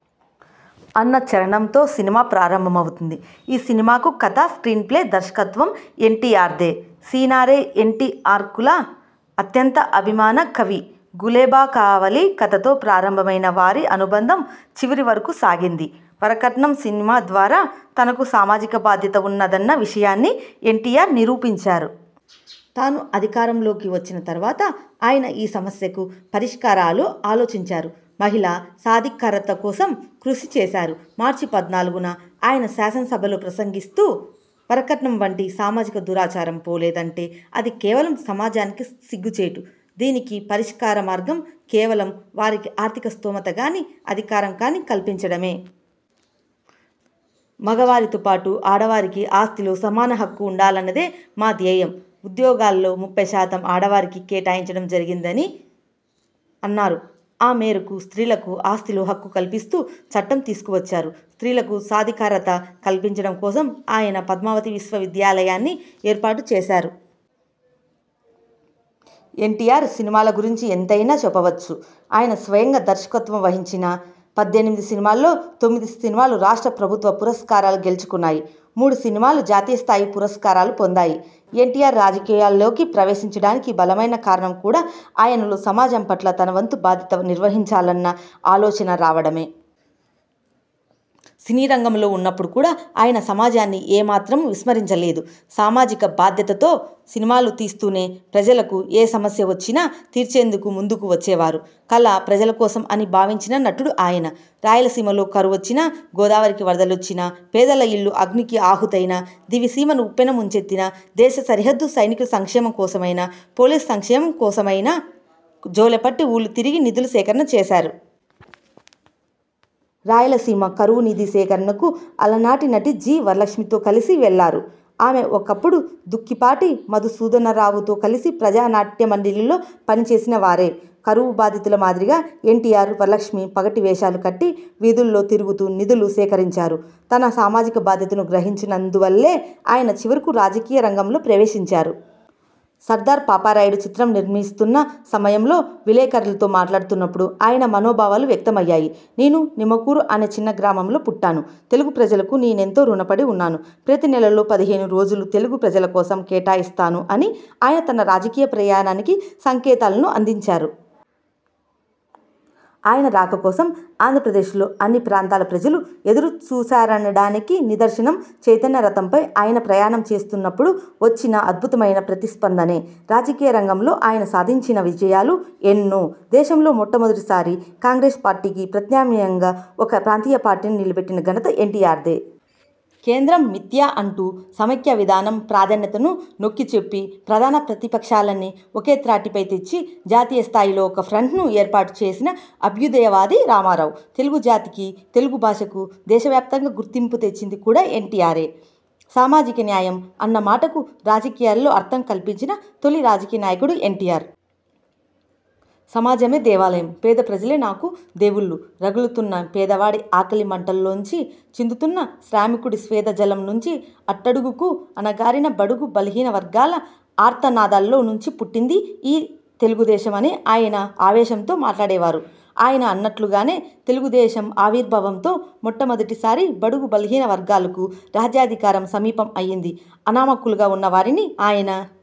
అన్న చరణంతో సినిమా ప్రారంభమవుతుంది. ఈ సినిమాకు కథ, స్క్రీన్ ప్లే, దర్శకత్వం ఎన్టీఆర్దే. సినారే ఎన్టీఆర్కు అత్యంత అభిమాన కవి. గులేబకావళి కథతో ప్రారంభమైన వారి అనుబంధం చివరివరకూ సాగింది. వరకట్నం సినిమా ద్వారా తనకు సామాజిక బాధ్యత ఉన్నదన్న విషయాన్ని ఎన్టీఆర్ నిరూపించారు. తాను అధికారంలోకి వచ్చిన తర్వాత ఆయన ఈ సమస్యకు పరిష్కారాలు ఆలోచించారు. మహిళా సాధికారత కోసం కృషిచేశారు. మార్చిపద్నాలుగున ఆయన శాసనసభలో ప్రసంగిస్తూ వరకట్నం వంటి సామాజిక దురాచారం పోలేదంటే అది కేవలం సమాజానికి సిగ్గుచేటు. దీనికి పరిష్కార మార్గం కేవలం వారికి ఆర్థిక స్తోమతగానీ, అధికారం కానీ కల్పించడమే. మగవారితో పాటు ఆడవారికి ఆస్తిలో సమాన హక్కు ఉండాలన్నదే మా ధ్యేయం. ఉద్యోగాల్లో ముప్పై శాతం ఆడవారికి కేటాయించడం జరిగింది అని అన్నారు. ఆ మేరకు స్త్రీలకు ఆస్తిలో హక్కు కల్పి స్తూ చట్టం తీసుకువచ్చారు. స్త్రీలకు సాధికారత కల్పించడం కోసం ఆయన పద్మావతి మహిళా విశ్వవిద్యాలయాన్ని ఏర్పాటు చేశారు. ఎన్టీఆర్ సినిమాల గురించి ఎంతైనా చెప్పవచ్చు. ఆయన స్వయంగా దర్శకత్వం వహించిన పద్దెనిమిది సినిమాల్లో తొమ్మిది సినిమాలు రాష్ట్ర ప్రభుత్వ పురస్కారాలు గెలుచుకున్నాయి. మూడు సినిమాలు జాతీయ స్థాయి పురస్కారాలు పొందాయి. ఎన్టీఆర్ రాజకీయాల్లో ప్రవేశించడానికి బలమైన కారణం కూడా ఆయనలో సమాజం పట్ల తన వంతు బాధ్యత నిర్వహించాలన్న ఆలోచన రావడమే. సినీరంగంలో ఉన్నప్పుడు కూడా ఆయన సమాజాన్ని ఏమాత్రం విస్మరించలేదు. సామాజిక బాధ్యతతో సినిమాలు తీస్తూనే ప్రజలకు ఏ సమస్య వచ్చినా తీర్చేందుకు ముందుకు వచ్చేవారు. కళ ప్రజలకోసం అని భావించిన నటుడు ఆయన. రాయలసీమలో కరువొచ్చినా, గోదావరికి వరదలొచ్చినా, పేదల ఇళ్ళు అగ్నికి ఆహుతైనా, దివిసీమను ఉప్పెన ముంచెత్తినా, దేశ సరిహద్దు సైనికుల సంక్షేమం కోసమైనా, పోలీసు సంక్షేమం కోసమైనా జోలె పట్టి, ఊళ్ళు తిరిగి నిధుల సేకరణ చేశారు. రాయలసీమ కరవు నిధి సేకరణకు అలనాటి నటి జి. వరలక్ష్మితో కలిసి వెళ్ళారు. ఆమె ఒకప్పుడు దుక్కిపాటి మధుసూధనరావుతో కలిసి ప్రజానాట్యమండలిలో పనిచేసిన వారే. కరవు బాధితుల మాదిరిగా ఎన్టీఆర్, వరలక్ష్మి పగటి వేషాలు కట్టి వీధుల్లో తిరుగుతూ నిధులు సేకరించారు. తన సామాజిక బాధ్యతను గ్రహించినందువల్లే ఆయన చివరకు రాజకీయ రంగంలో ప్రవేశించారు. సర్దార్ పాపారాయుడు చిత్రం నిర్మిస్తున్న సమయంలో విలేకరులతో మాట్లాడుతున్నప్పుడు ఆయన మనోభావాలు వ్యక్తమయ్యాయి. నేను నిమ్మకూరు అనే చిన్న గ్రామంలో పుట్టాను. తెలుగు ప్రజలకు నేనెంతో రుణపడి ఉన్నాను. ప్రతి నెలలో పదిహేను రోజులు తెలుగు ప్రజలకోసం కేటాయిస్తాను అని ఆయన తన రాజకీయ ప్రయాణానికి సంకేతాలను అందించారు. ఆయన రాక కోసం ఆంధ్రప్రదేశ్లో అన్ని ప్రాంతాల ప్రజలు ఎదురు చూశారనడానికి నిదర్శనం చైతన్యరథంపై ఆయన ప్రయాణం చేస్తున్నప్పుడు వచ్చిన అద్భుతమైన ప్రతిస్పందనే. రాజకీయ రంగంలో ఆయన సాధించిన విజయాలు ఎన్నో. దేశంలో మొట్టమొదటి సారి కాంగ్రెస్ పార్టీకి ప్రత్యామ్నాయంగా ఒక ప్రాంతీయపార్టీని నిలబెట్టిన ఘనత ఎన్టీఆర్దే. కేంద్రం మిథ్య అంటూ సమాఖ్యవిధానం ప్రాధాన్యతను నొక్కిచెప్పి, ప్రధాన ప్రతిపక్షాలనన్నీ ఒకే త్రాటిపై తెచ్చి జాతీయస్థాయిలో ఒక ఫ్రంట్ను ఏర్పాటుచేసిన అభ్యుదయవాది రామారావు. తెలుగు జాతికీ, తెలుగుభాషకూ దేశవ్యాప్తంగా గుర్తింపుతెచ్చింది కూడా ఎన్టీఆరే. సామాజిక న్యాయం అన్న మాటకు రాజకీయాల్లో అర్థం కల్పించిన తొలి రాజకీయ నాయకుడు ఎన్టీఆర్. సమాజమే దేవాలయం, పేద ప్రజలే నాకు దేవుళ్లురగులుతున్న పేదవాడి ఆకలి మంటల్లోంచి, చిందుతున్న శ్రామికుడి స్వేదజలం నుంచి, అట్టడుగుకు అణగారిన బడుగు బలహీనవర్గాల ఆర్తనాదాల్లో నుంచి పుట్టింది ఈ తెలుగుదేశం అని ఆయన ఆవేశంతో మాట్లాడేవారు. ఆయన అన్నట్లుగానే తెలుగుదేశం ఆవిర్భావంతో మొట్టమొదటి సారి బడుగు బలహీన వర్గాలకు రాజ్యాధికారం సమీపం అయింది. అనామకులుగా ఉన్న వారిని ఆయన